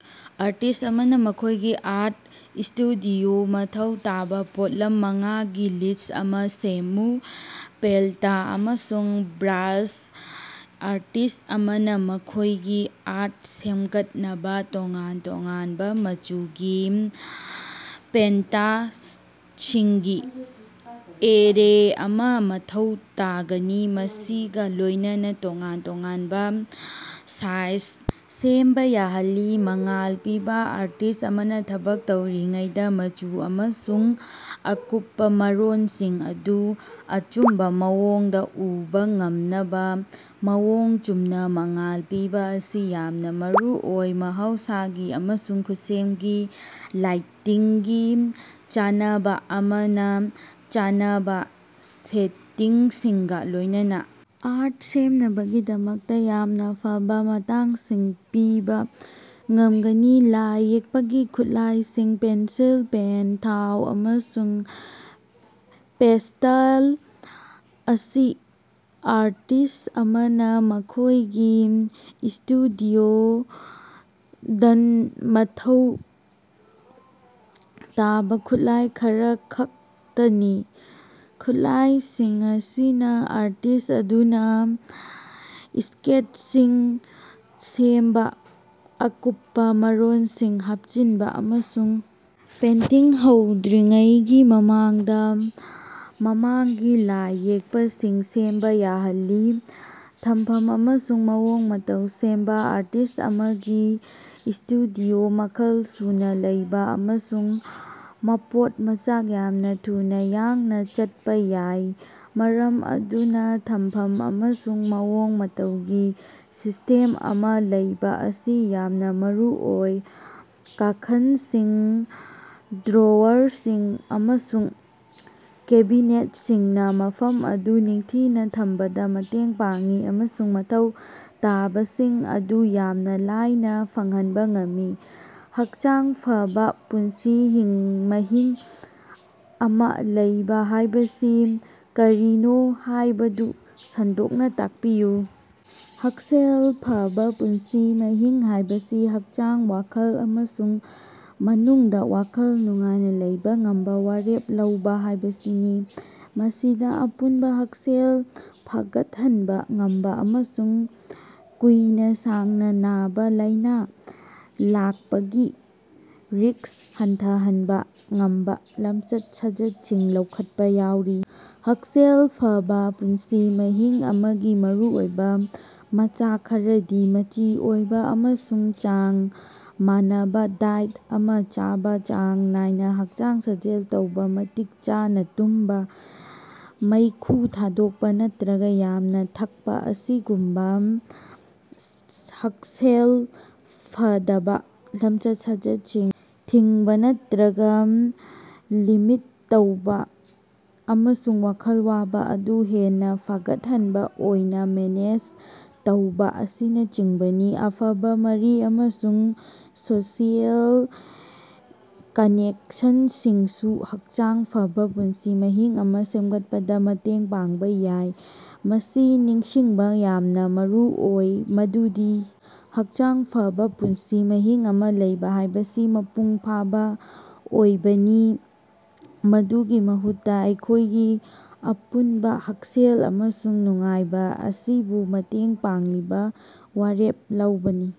Artist ꯑꯃꯅ ꯃꯈꯣꯢꯒꯤ art ꯁꯇꯨꯗꯤꯑꯣꯗ ꯃꯊꯧ ꯇꯥꯕ ꯄꯣꯠꯂꯝ ꯃꯉꯥꯒꯤ ꯂꯤꯁ꯭ꯠ ꯑꯃ ꯁꯦꯝꯃꯨ꯫ ꯄꯦꯟꯇ ꯑꯃꯁꯨꯡ ꯕ꯭ꯔꯥꯁ: ꯑꯥꯔꯇꯤꯁ ꯑꯃꯅ ꯃꯈꯣꯢꯒꯤ ꯑꯥꯔꯠ ꯁꯦꯝꯒꯠꯅꯕ ꯇꯣꯉꯥꯟ ꯇꯣꯉꯥꯟꯕ ꯃꯆꯨꯒꯤ ꯄꯦꯟꯇꯁꯤꯡꯒꯤ ꯑꯦꯔꯦ ꯑꯃꯥ ꯃꯊꯧ ꯇꯥꯒꯅꯤ ꯃꯁꯤꯒ ꯂꯣꯢꯅꯅ ꯇꯣꯉꯥꯟ ꯇꯣꯉꯥꯟꯕ ꯁꯥꯏꯖ ꯁꯦꯝꯕ ꯌꯥꯍꯜꯂꯤ꯫ ꯃꯉꯥꯜ ꯄꯤꯕꯥ: ꯑꯥꯔꯇꯤꯁ ꯑꯃꯅ ꯊꯕꯛ ꯇꯧꯔꯤꯉꯩꯗꯥ ꯃꯆꯨ ꯑꯃꯁꯨꯡ ꯑꯀꯨꯞꯄꯥ ꯃꯔꯣꯜꯁꯤꯡ ꯑꯗꯨ ꯑꯆꯨꯝꯕꯥ ꯃꯑꯣꯡꯗ ꯎꯕ ꯉꯝꯅꯕ ꯃꯑꯣꯡ ꯆꯨꯝꯅ ꯃꯉꯥꯜ ꯄꯤꯕ ꯑꯁꯤ ꯌꯥꯝꯅ ꯃꯔꯨꯑꯣꯏ꯫ ꯃꯍꯧꯁꯥꯒꯤ ꯑꯃꯁꯨꯡ ꯈꯨꯠꯁꯦꯝꯒꯤ ꯂꯥꯏꯇꯤꯡꯒꯤ ꯆꯥꯟꯅꯕ ꯑꯃꯅ ꯆꯥꯟꯅꯕ ꯁꯦꯇꯤꯡꯁꯤꯡꯒ ꯂꯣꯢꯅꯅ ꯑꯥꯔꯠ ꯁꯦꯝꯅꯕꯒꯤꯗꯃꯛꯇ ꯌꯥꯝꯅ ꯐꯕ ꯃꯇꯥꯡꯁꯤꯡ ꯄꯤꯕꯥ ꯉꯝꯒꯅꯤ꯫ ꯂꯥꯏ ꯌꯦꯛꯄꯒꯤ ꯈꯨꯠꯂꯥꯏꯁꯤꯡ: ꯄꯦꯟꯁꯤꯜ, ꯄꯦꯟ, ꯊꯥꯎ, ꯑꯃꯁꯨꯡ ꯄꯦꯁꯇꯦꯜ ꯑꯁꯤ ꯑꯥꯔꯇꯤꯁ ꯑꯃꯅ ꯃꯈꯣꯢꯒꯤ ꯁ꯭ꯇꯨꯗꯤꯑꯣꯗꯟꯃꯊꯧ ꯇꯥꯕ ꯈꯨꯠꯂꯥꯏ ꯈꯔꯈꯛꯇꯅꯤ꯫ ꯈꯨꯠꯂꯥꯢꯁꯤꯡ ꯑꯁꯤꯅ ꯑꯥꯔꯇꯤꯁ ꯑꯗꯨꯅ ꯁ꯭ꯀꯦꯠꯁꯤꯡ ꯁꯦꯝꯕ ꯑꯀꯨꯞꯄ ꯃꯔꯣꯜꯁꯤꯡ ꯍꯥꯞꯆꯤꯟꯕ ꯑꯃꯁꯨꯡ ꯄꯦꯟꯇꯤꯡ ꯍꯧꯗ꯭ꯔꯤꯉꯩꯒꯤ ꯃꯃꯥꯡꯗ ꯃꯃꯥꯡꯒꯤ ꯂꯥꯏ ꯌꯦꯛꯄꯁꯤꯡ ꯁꯦꯝꯕ ꯌꯥꯍꯜꯂꯤ꯫ ꯊꯝꯐꯝ ꯑꯃꯁꯨꯡ ꯃꯑꯣꯡ ꯃꯇꯧ ꯁꯦꯝꯕ: ꯑꯥꯔꯇꯤꯁ ꯑꯃꯒꯤ ꯁ꯭ꯇꯨꯗꯤꯑꯣꯗ ꯃꯈꯜ ꯁꯨꯅ ꯂꯩꯕ ꯑꯃꯁꯨꯡ ꯃꯄꯣꯠ ꯃꯆꯥꯛ ꯌꯥꯝꯅ ꯊꯨꯅ ꯌꯥꯡꯅ ꯆꯠꯄ ꯌꯥꯏ ꯃꯔꯝ ꯑꯗꯨꯅ ꯊꯝꯐꯝ ꯑꯃꯁꯨꯡ ꯃꯑꯣꯡ ꯃꯇꯧꯒꯤ ꯁꯤꯁꯇꯦꯝ ꯑꯃ ꯂꯩꯕꯥ ꯑꯁꯤ ꯌꯥꯝꯅ ꯃꯔꯨꯑꯣꯏ꯫ ꯀꯥꯈꯜꯁꯤꯡ, ꯗ꯭ꯔꯣꯋꯔꯁꯤꯡ ꯑꯃꯁꯨꯡ ꯀꯦꯕꯤꯅꯦꯠꯁꯤꯡꯅ ꯃꯐꯝ ꯑꯗꯨ ꯅꯤꯡꯊꯤꯅ ꯊꯝꯕꯗ ꯃꯇꯦꯡ ꯄꯥꯡꯏ ꯑꯃꯁꯨꯡ ꯃꯊꯧ ꯇꯥꯕꯁꯤꯡ ꯑꯗꯨ ꯌꯥꯝꯅ ꯂꯥꯏꯅ ꯐꯪꯍꯟꯕꯥ ꯉꯝꯃꯤ꯫ ꯍꯛꯆꯥꯡ ꯐꯕ ꯄꯨꯟꯁꯤ ꯃꯍꯤꯡ ꯑꯃ ꯂꯩꯕꯥ ꯍꯥꯢꯕꯁꯤ ꯀꯔꯤꯅꯣ ꯍꯥꯢꯕꯗꯨ ꯁꯟꯗꯣꯛꯅ ꯇꯥꯛꯄꯤꯌꯨ ꯍꯛꯁꯦꯜ ꯐꯕꯥ ꯄꯨꯟꯁꯤ ꯃꯍꯤꯡ ꯍꯥꯢꯕꯁꯤ ꯍꯛꯆꯥꯡ, ꯋꯥꯈꯜ ꯑꯃꯁꯨꯡ ꯃꯅꯨꯡꯗ ꯋꯥꯈꯜ ꯅꯨꯡꯉꯥꯏꯅ ꯂꯩꯕꯥ ꯉꯝꯕ ꯋꯥꯔꯦꯞ ꯂꯧꯕꯥ ꯍꯥꯢꯕꯁꯤꯅꯤ꯫ ꯃꯁꯤꯗ ꯑꯄꯨꯟꯕ ꯍꯛꯁꯦꯜ ꯐꯒꯠꯍꯟꯕ ꯉꯝꯕ ꯑꯃꯁꯨꯡ ꯀꯨꯏꯅ ꯁꯥꯡꯅ ꯅꯥꯕ ꯂꯥꯢꯅꯥ ꯂꯥꯛꯄꯒꯤ ꯔꯤꯁ꯭ꯛ ꯍꯟꯊꯍꯟꯕ ꯉꯝꯕꯥ ꯂꯝꯆꯠ-ꯁꯥꯖꯠꯁꯤꯡ ꯂꯧꯈꯠꯄ ꯌꯥꯎꯔꯤ꯫ ꯍꯛꯁꯦꯜ ꯐꯕꯥ ꯄꯨꯟꯁꯤ ꯃꯍꯤꯡ ꯑꯃꯒꯤ ꯃꯔꯨꯑꯣꯏꯕ ꯃꯆꯥꯛ ꯈꯔꯗꯤ ꯃꯆꯤ ꯑꯣꯏꯕꯥ ꯑꯃꯁꯨꯡ ꯆꯥꯡ ꯃꯥꯟꯅꯕꯥ ꯗꯥꯏꯠ ꯑꯃꯥ ꯆꯥꯕ ꯆꯥꯡ ꯅꯥꯏꯅ ꯍꯛꯆꯥꯡ ꯁꯥꯖꯦꯜ ꯇꯧꯕꯥ, ꯃꯇꯤꯛ ꯆꯥꯅ ꯇꯨꯝꯕꯥ, ꯃꯩꯈꯨ ꯊꯥꯗꯣꯛꯄ ꯅꯠꯇꯔꯒ ꯌꯥꯝꯅ ꯊꯛꯄꯥ ꯑꯁꯤꯒꯨꯝꯕ ꯍꯛꯁꯦꯜ ꯐꯗꯕ ꯂꯝꯆꯠ-ꯁꯥꯖꯠꯁꯤꯡ ꯊꯤꯡꯕ ꯅꯠꯇꯔꯒ ꯂꯤꯃꯤꯠ ꯇꯧꯕꯥ ꯑꯃꯁꯨꯡ ꯋꯥꯈꯜ ꯋꯥꯕ ꯑꯗꯨ ꯍꯦꯟꯅ ꯐꯒꯠꯍꯟꯕ ꯑꯣꯏꯅ ꯃꯦꯅꯦꯖ ꯇꯧꯕꯥ ꯑꯁꯤꯅꯆꯤꯡꯕꯅꯤ꯫ ꯑꯐꯕ ꯃꯔꯤ ꯑꯃꯁꯨꯡ ꯁꯣꯁꯤꯑꯦꯜ ꯀꯅꯦꯛꯁꯟꯁꯤꯡꯁꯨ ꯍꯛꯆꯥꯡ ꯐꯕ ꯄꯨꯟꯁꯤ ꯃꯍꯤꯡ ꯑꯃ ꯁꯦꯝꯒꯠꯄꯗ ꯃꯇꯦꯡ ꯄꯥꯡꯕ ꯌꯥꯏ꯫ ꯃꯁꯤ ꯅꯤꯡꯁꯤꯡꯕ ꯌꯥꯝꯅ ꯃꯔꯨꯑꯣꯏ ꯃꯗꯨꯗꯤ ꯍꯛꯆꯥꯡ ꯐꯕ ꯄꯨꯟꯁꯤ ꯃꯍꯤꯡ ꯑꯃ ꯂꯩꯕꯥ ꯍꯥꯢꯕꯁꯤ ꯃꯄꯨꯡ ꯐꯥꯕ ꯑꯣꯏꯕꯅꯤ ꯃꯗꯨꯒꯤ ꯃꯍꯨꯠꯇ ꯑꯩꯈꯣꯢꯒꯤ ꯑꯄꯨꯟꯕ ꯍꯛꯁꯦꯜ ꯑꯃꯁꯨꯡ ꯅꯨꯡꯉꯥꯏꯕ ꯑꯁꯤꯕꯨ ꯃꯇꯦꯡ ꯄꯥꯡꯂꯤꯕ ꯋꯥꯔꯦꯞ ꯂꯧꯕꯅꯤ꯫